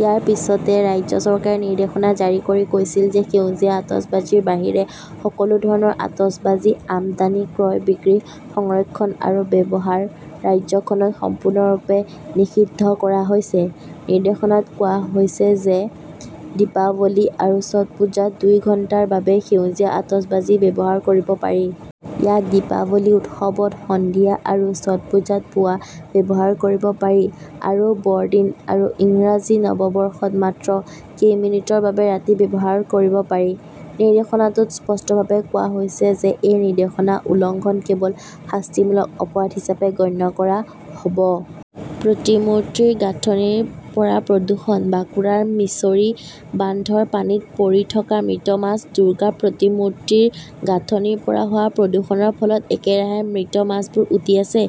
ইয়াৰ পিছতে ৰাজ্য চৰকাৰে নিৰ্দেশনা জাৰি কৰি কৈছিল যে সেউজীয়া আতচবাজীৰ বাহিৰে সকলো ধৰণৰ আতচবাজী আমদানি, ক্ৰয়, বিক্ৰী, সংৰক্ষণ আৰু ব্যৱহাৰ ৰাজ্যখনত সম্পূৰ্ণৰূপে নিষিদ্ধ কৰা হৈছে। নিৰ্দেশনাত কোৱা হৈছে যে দীপাৱলী আৰু ছট পূজাত দুই ঘণ্টাৰ বাবে সেউজীয়া আতচবাজী ব্যৱহাৰ কৰিব পাৰি। ইয়াক দীপাৱলী উৎসৱত সন্ধিয়া আৰু ছট পূজাত পুৱা ব্যৱহাৰ কৰিব পাৰি। আৰু বৰদিন আৰু ইংৰাজী নৱবৰ্ষত মাত্ৰ কেইমিনিটৰ বাবে ৰাতি‌ ব্যৱহাৰ কৰিব পাৰি। নিৰ্দেশনাটোত স্পষ্টভাৱে কোৱা হৈছে যে এই নিৰ্দেশনা উলংঘন কেৱল শাস্তিমূলক অপৰাধ হিচাপে গণ্য কৰা হ 'ব। প্ৰতিমূৰ্তিৰ গাঁথনিৰ পৰা প্ৰদূষণ, বাঁকুৰাৰ মিছৰী বান্ধৰ পানীত পৰি থকা মৃত মাছ দুৰ্গা প্ৰতিমূৰ্তিৰ গাঁথনিৰ পৰা হোৱা প্ৰদূষণৰ ফলত একেৰাহে মৃত মাছবোৰ উটি আছে।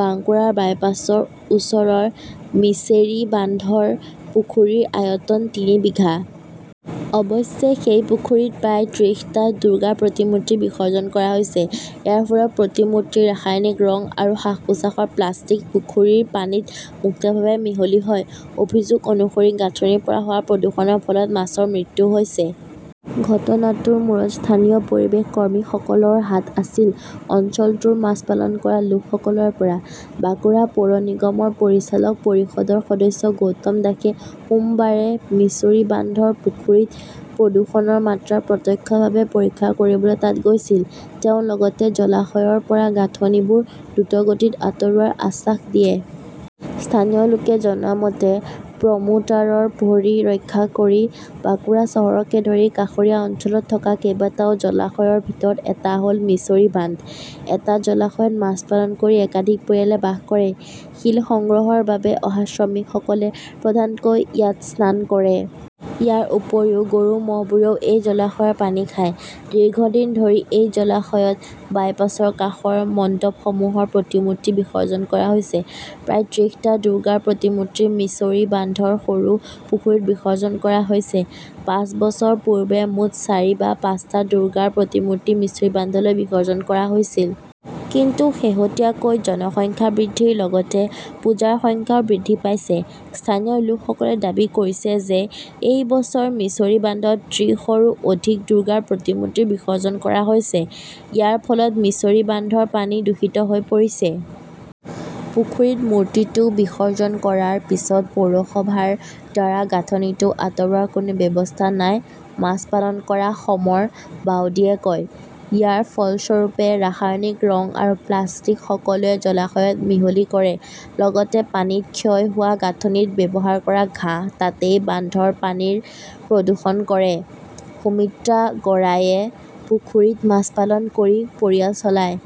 বাঙ্কুৰাৰ বাইপাছৰ ওচৰৰ মিছেৰী বান্ধৰ পুখুৰীৰ আয়তন তিনি বিঘা। অৱশ্যে, সেই পুখুৰীত প্ৰায় ত্ৰিশটা দুৰ্গা প্ৰতিমূৰ্তি বিসৰ্জন কৰা হৈছে। ইয়াৰ ফলত প্ৰতিমূৰ্তিৰ ৰাসায়নিক ৰং আৰু সাজ-পোছাকৰ প্লাষ্টিক পুখুৰীৰ পানীত মুক্তভাৱে মিহলি হয়। অভিযোগ অনুসৰি গাঁথনিৰ পৰা হোৱা প্ৰদূষণৰ ফলত মাছৰ মৃত্যু হৈছে। ঘটনাটোৰ মূৰত স্থানীয় পৰিৱেশ কৰ্মীসকলৰ হাত আছিল, অঞ্চলটোৰ মাছ পালন কৰা লোকসকলৰ পৰা। বাঁকুৰা পৌৰ নিগমৰ পৰিচালক পৰিষদৰ সদস্য গৌতম দাসে সোমবাৰে মিছৰী বান্ধৰ পুখুৰীত প্ৰদূষণৰ মাত্ৰা প্ৰত্যক্ষভাৱে পৰীক্ষা কৰিবলৈ তাত গৈছিল। তেওঁ লগতে জলাশয়ৰ পৰা গাঁথনিবোৰ দ্ৰুতগতিত আঁতৰোৱাৰ আশ্বাস দিয়ে। স্থানীয় লোকে জনোৱা মতে, প্ৰমোটাৰৰ ভৰি ৰক্ষা কৰি বাঁকুৰা চহৰকে ধৰি কাষৰীয়া অঞ্চলত থকা কেইবাটাও জলাশয়ৰ ভিতৰত এটা হ'ল মিছৰী বান্ধ। এই জলাশয়ত মাছ পালন কৰি একাধিক পৰিয়ালে বাস কৰে। শিল সংগ্ৰহৰ বাবে অহা শ্ৰমিকসকলে প্ৰধানকৈ ইয়াত স্নান কৰে। ইয়াৰ উপৰিও, গৰু-ম'হবোৰেও এই জলাশয়ৰ পানী খায়। দীৰ্ঘদিন ধৰি এই জলাশয়ত বাইপাছৰ কাষৰ মণ্ডপসমূহৰ প্ৰতিমূৰ্তি বিসৰ্জন কৰা হৈছে। প্ৰায় ত্ৰিশটা দুৰ্গাৰ প্ৰতিমূৰ্তি মিছৰী বান্ধৰ সৰু পুখুৰীত বিসৰ্জন কৰা হৈছে। পাঁচ বছৰ পূৰ্বে মুঠ চাৰি বা পাঁচটা দুৰ্গাৰ প্ৰতিমূৰ্তি মিছৰী বান্ধলৈ বিসৰ্জন কৰা হৈছিল। কিন্তু শেহতীয়াকৈ জনসংখ্যা বৃদ্ধিৰ লগতে পূজাৰ সংখ্যাও বৃদ্ধি পাইছে। স্থানীয় লোকসকলে দাবী কৰিছে যে এই বছৰ মিছৰী বান্ধত ত্ৰিশৰো অধিক দুৰ্গাৰ প্ৰতিমূৰ্তি বিসৰ্জন কৰা হৈছে। ইয়াৰ ফলত মিছৰী বান্ধৰ পানী দূষিত হৈ পৰিছে। পুখুৰীত মূৰ্তিটো বিসৰ্জন কৰাৰ পিছত পৌৰসভাৰ দ্বাৰা গাঁথনিটো আঁতৰোৱাৰ কোনো ব্যৱস্থা নাই, মাছ পালন কৰা সমৰ বাউদীয়ে কয়। ইয়াৰ ফলস্বৰূপে, ৰাসায়নিক ৰং আৰু প্লাষ্টিক সকলোৱে জলাশয়ত মিহলি কৰে। লগতে পানীত ক্ষয় হোৱা গাঁথনিত ব্যৱহাৰ কৰা ঘাঁহ তাতেই বান্ধৰ পানীৰ প্ৰদূষণ কৰে। সুমিত্ৰা গড়াইয়ে পুখুৰীত মাছ পালন কৰি পৰিয়াল চলায়।